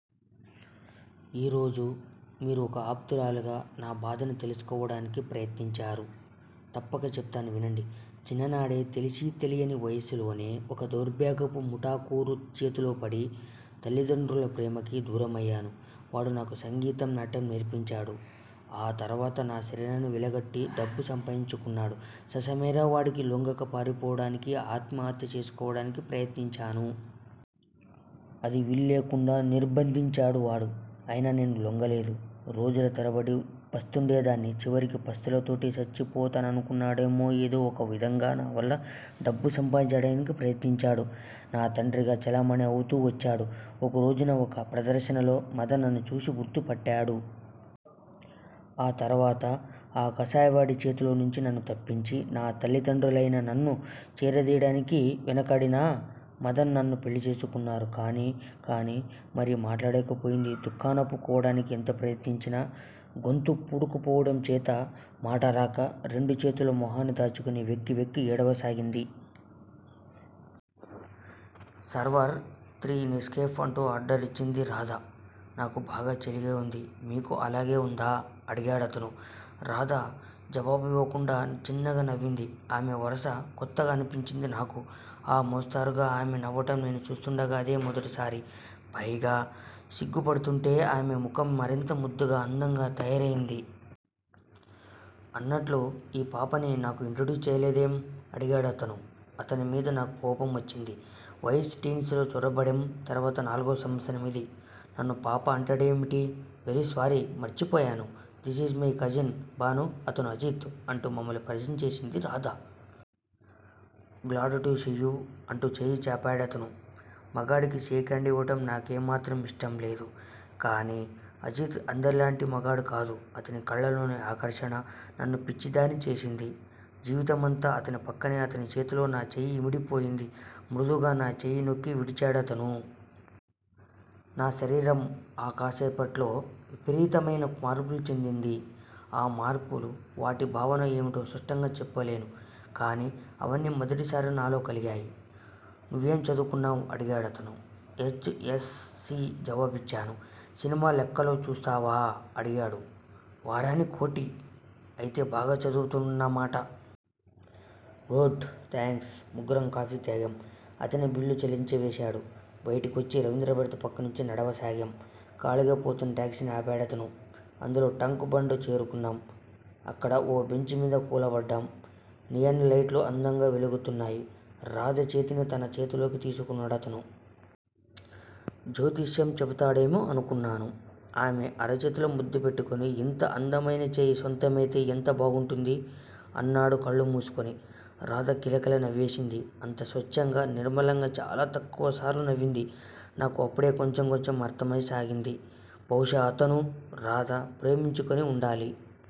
ఈ రోజు మీరు ఒక ఆప్తురాలిగా, నా బాధని తెలుసుకోవడానికి ప్రయత్నించారు. తప్పక చెప్తాను వినండి. చిన్ననాడే తెలిసీ తెలియని వయస్సులోనే ఒక దౌర్భాగ్యపు ముఠాకోరు చేతిలో పడి, తల్లిదండ్రుల ప్రేమకి దూరమయ్యాను. వాడు నాకు సంగీతం, నాట్యం నేర్పించాడు. ఆ తరువాత నా శరీరానికి వెలకట్టి డబ్బు సంపాదించాలనుకున్నాడు ససేమిరా వాడికి లొంగక పారిపోవడానికీ, ఆత్మహత్య చేసుకోవడానికీ ప్రయత్నించాను. అదీ వీల్లేకుండా నిర్భందించాడు వాడు. అయినా నేను లొంగలేదు. రోజుల తరబడి పస్తుండేదాన్ని చివరికి పస్తులతోటే చచ్చిపోతాననుకున్నాడేమో ఏదో ఒక విధంగా నావల్ల డబ్బు సంపాదించడానికి ప్రయత్నించాడు. నా తండ్రిగా చలామణి అవుతూ వచ్చాడు. ఒకరోజున ఒక ప్రదర్శనలో, మధన్ నన్ను చూసి గుర్తు పట్టాడు. ఆ తరువాత, ఆ కసాయివాడి చేతుల్లోంచి నన్ను తప్పించి, నా తల్లిదండ్రులే నన్ను చేరదియ్యడానికి వెనకాడినా, మధన్ నన్ను పెళ్ళి చేసుకున్నారు కానీ కానీ మరి మాట్లాడలేకపోయింది దుఃఖాన్నాపు కోవడానికి ఎంత ప్రయత్నించినా, గొంతు పూడుకుపోవడంచేత, మాటరాక, రెండు చేతుల్తో మొహాన్ని దాచుకుని వెక్కి వెక్కి ఏడవసాగింది. సర్వర్! Three Nescafe! అంటూ ఆర్డరిచ్చింది రాధ. నాకు బాగా చలిగా ఉంది. మీకూ అలాగే ఉందా? అడిగాడతను. రాధ జవాబివ్వకుండా చిన్నగా నవ్వింది. ఆమె వరస కొత్త అనిపించింది నాకు. ఆ మోస్తారుగా ఆమె నవ్వటం నేను చూస్తూండగా అదే మొదటిసారి. పైగా సిగ్గుపడుతూంటే ఆమె ముఖం మరింత ముద్దుగా అందంగా తయారయింది. అన్నట్లు, ఈ పాపని నాకు ఇంట్రడ్యూస్ చెయ్యలేదేం? అడిగాడతను. అతని మీద నాకు కోపం వచ్చింది. వయస్సు 'టీన్స్' లో జొరబడిం తర్వాత నాలుగో సంవత్సరమిది. నన్ను 'పాప' అంటాడేమిటి? Very sorry! మర్చిపోయాను. దిసీజ్ మై కజిన్, భాను అతను అజిత్! అంటూ మమ్మల్ని పరిచయం చేసింది రాధ. Glad to see you! అంటూ చేయి చాపాడతను. మగాడికి షేక్ హాండ్ ఇవ్వటం నాకేమాత్రం ఇష్టం లేదు. కాని, అజిత్ అందరిలాంటి మగాడు కాదు. అతని కళ్ళలోని ఆకర్షణ నన్ను పిచ్చిదాన్ని చేసింది. జీవితమంతా అతని పక్కనే అతని చేతిలో నా చేయి ఇమిడిపోయింది. మృదువుగా నా చేయి నొక్కి విడిచాడతను. నా శరీరం ఆ కాసేపట్లో, విపరీతమయిన మార్పులు చెందింది. ఆ మార్పులు, వాటి భావాలు ఏమిటో స్పష్టంగా చెప్పలేను. కాని, అవన్నీ మొదటిసారిగా నాలో కలిగాయి. నువ్వేం చదువుతున్నావ్? అడిగాడతను. హెచ్. ఎస్. సి. జవాబిచ్చాను. సినిమా లెక్కువ చూస్తావా? అడిగాడు. వారాని కోటి! అయితే, బాగా చదువుతా వన్నమాట! గుడ్! థాంక్యూ! ముగ్గురం కాపీలు తాగాం. అతనే బిల్లు చెల్లించివేశాడు. బయటికొచ్చి రవీంద్రభారతి పక్క నుంచి నడవసాగాం. ఖాళీగా పోతున్న టాక్సీని ఆపాడతను. అందులో టాంక్ బండ్ చేరుకున్నాం. అక్కడ ఓ బెంచీమీద కూలబడ్డాం. నియోన్ లైట్లు అందంగా వెలుగుతున్నాయి. రాధ చేతిని తన చేతుల్లోకి తీసుకొన్నాడతను. జ్యోతిష్యం చెబుతాడేమో అనుకొన్నాను. ఆమె అరచేతిలో ముద్దు పెట్టుకొని, ఇంత అందమయిన చెయ్యి స్వంతమయితే ఎంత బావుంటుందీ! అన్నాడు కళ్ళు మూసుకొని. రాధ కిలకిల నవ్వేసింది. అంత స్వచ్ఛంగా, నిర్మలంగా చాలా తక్కువసార్లు నవ్వింది. నాకు అప్పుడు కొంచెం కొంచెంగా అర్థమవసాగింది. బహుశా అతనూ, రాధా ప్రేమించుకొని ఉండాలి.